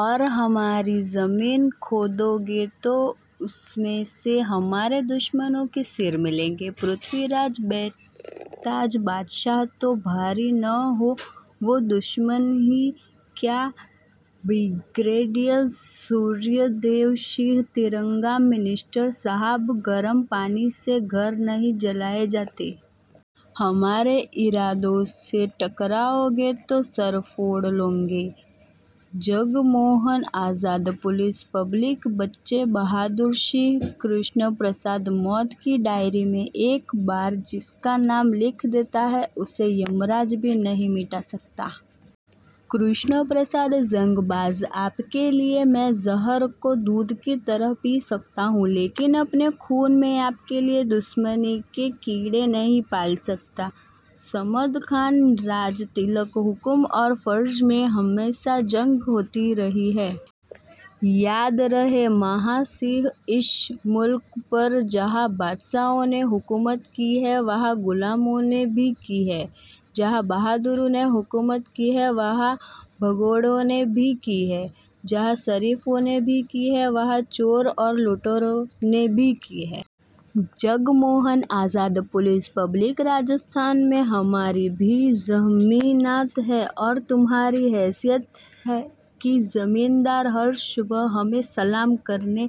ઔર હમારી ઝમીન ખોદોગે તો ઉસમેં સે હમારે દુશ્મનો કે સિર મિલેંગે. પૃથ્વીરાજ, બેતાજ બાદશાહ તો ભારી ન હો, વો દુશ્મની હી ક્યા. બ્રિગેડિયસ સૂર્યદેવસિંહ, તિરંગા મિનિસ્ટર સાહબ, ગરમ પાની સે ઘર નહીં જલાએ જાતે. હમારે ઇરાદો સે ટકરાઓગે તો સર ફોડ લોગે. જગમોહન આઝાદ, પુલિસ પબ્લિક બચ્ચે બહાદુર સિંહ, કૃષ્ણ પ્રસાદ મૌત કી ડાયરી મેં એક બાર જિસકા નામ લિખ દેતા હૈ, ઉસે યમરાજ ભી નહીં મિટા સકતા. કૃષ્ણ પ્રસાદ, જંગ બાઝ આપકે લિએ મેં ઝહર કો દૂધ કી તરહ પી સકતા હૂં, લેકિન અપને ખૂન મેં આપકે લિએ દુશ્મની કે કીડે નહીં પાલ સકતા. સમદ ખાન, રાજ તિલક હુકમ ઔર ફર્ઝ મેં હમેશા જંગ હોતી રહી હૈ. યાદ રહે મહા સિંહ, ઇસ મુલ્ક પર જહાં બાદશાહોને હુકુમત કી હૈ વહાં ગુલામોને ભી કી હૈ. જહાં બહદુરોને હુકુમત કી હૈ વહાં ભગૌડોને ભી કી હૈ. જહાં શરીફો ને ભી કી હૈ વહાં ચોર ઔર લુટેરોને ભી કી હૈ. જગમોહન આઝાદ, પુલિસ પબ્લિક રાજસ્થાન મેં હમારી ભી ઝમીનાત હૈ ઔર તુમ્હારી હૈસિયત હે કી ઝમીનદાર હર સુબહ હમે સલામ કરને,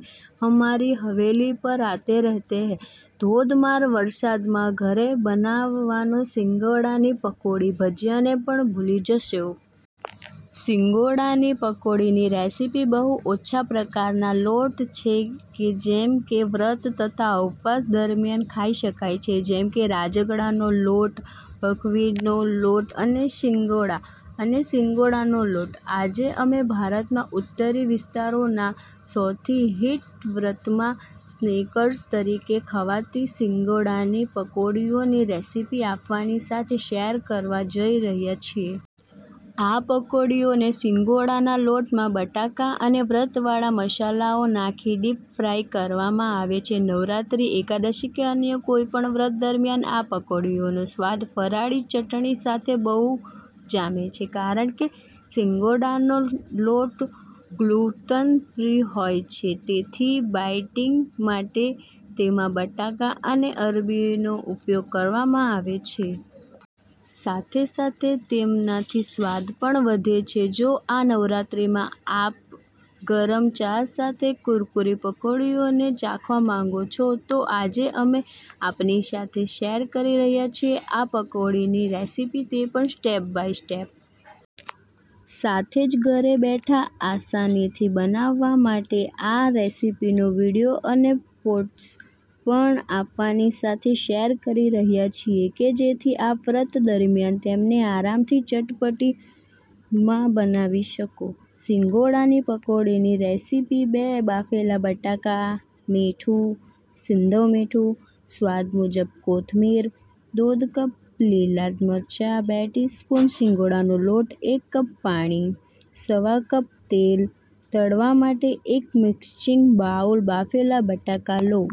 હમારી હવેલી પર આતે રહેતે હૈ. ધોધમાર વરસાદમાં ઘરે બનાવવાની સિંગોડાની પકોડી. ભજીયાને પણ ભૂલી જશો. સિંગોડાની પકોડીની રેસિપી: બહુ ઓછા પ્રકારનાં લોટ છે કે જેમકે વ્રત તથા ઉપવાસ દરમિયાન ખાઈ શકાય છે. જેમ કે રાજગરાનો લોટ, બકવ્હીટનો લોટ અને સિંગોડા અને સિંગોડાનો લોટ. આજે અમે ભારતનાં ઉત્તરી વિસ્તારોનાં સૌથી હિટ વ્રતમાં સ્નૅક્સ તરીકે ખવાતી સિંગોડાની પકોડીઓની રેસિપી આપની સાથે શૅર કરવા જઈ રહ્યાં છીએ. આ પકોડીઓને સિંગોડાનાં લોટમાં બટાકા અને વ્રત વાળા મસાલાઓ નાંખી ડીપ ફ્રાય કરવામાં આવે છે. નવરાત્રિ, એકાદશી કે અન્ય કોઈ પણ વ્રત દરમિયાન આ પકોડીઓનો સ્વાદ ફરાળી ચટણી સાથે બહુ જામે છે. કારણ કે સિંગોડાનો લોટ ગ્લૂટન ફ્રી હોય છે, તેથી બાઇટીંગ માટે તેમાં બટાકા અને અરબી નો ઉપયોગ કરવામાં આવે છે. સાથે-સાથે તેમનાંથી સ્વાદ પણ વધે છે. જો આ નવરાત્રિમાં આપ ગરમ ચા સાથે કુરકુરી પકોડીઓને ચાખવા માંગો છો, તો આજે અમે આપની સાથે શૅર કરી રહ્યા છીએ આ પકોડીઓની રેસિપી, તે પણ સ્ટેપ બાય સ્ટેપ. સાથે જ ઘેર બેઠા આસાનીથી બનાવવા માટે આ રેસિપીનો વીડિયો અને પોટ્સ પણ આપની સાથે શૅર કરી રહ્યા છીએ કે જેથી આપ વ્રત દરમિયાન તેમને આરામથી ચપટીમાં બનાવી શકો. સિંગોડાની પકોડીની રેસિપી બે બાફેલા બટાકા, મીઠું – સિંધવ મીઠું, સ્વાદ મુજબ કોથમીર – દોઢ કપ લીલા મરચા, બે ટી સ્પૂન સિંગોડાનો લોટ, એક કપ પાણી, સવા કપ તેલ, તળવા માટે એક મિક્સિંગ બાઉલમાં બાફેલા બટાકા લો.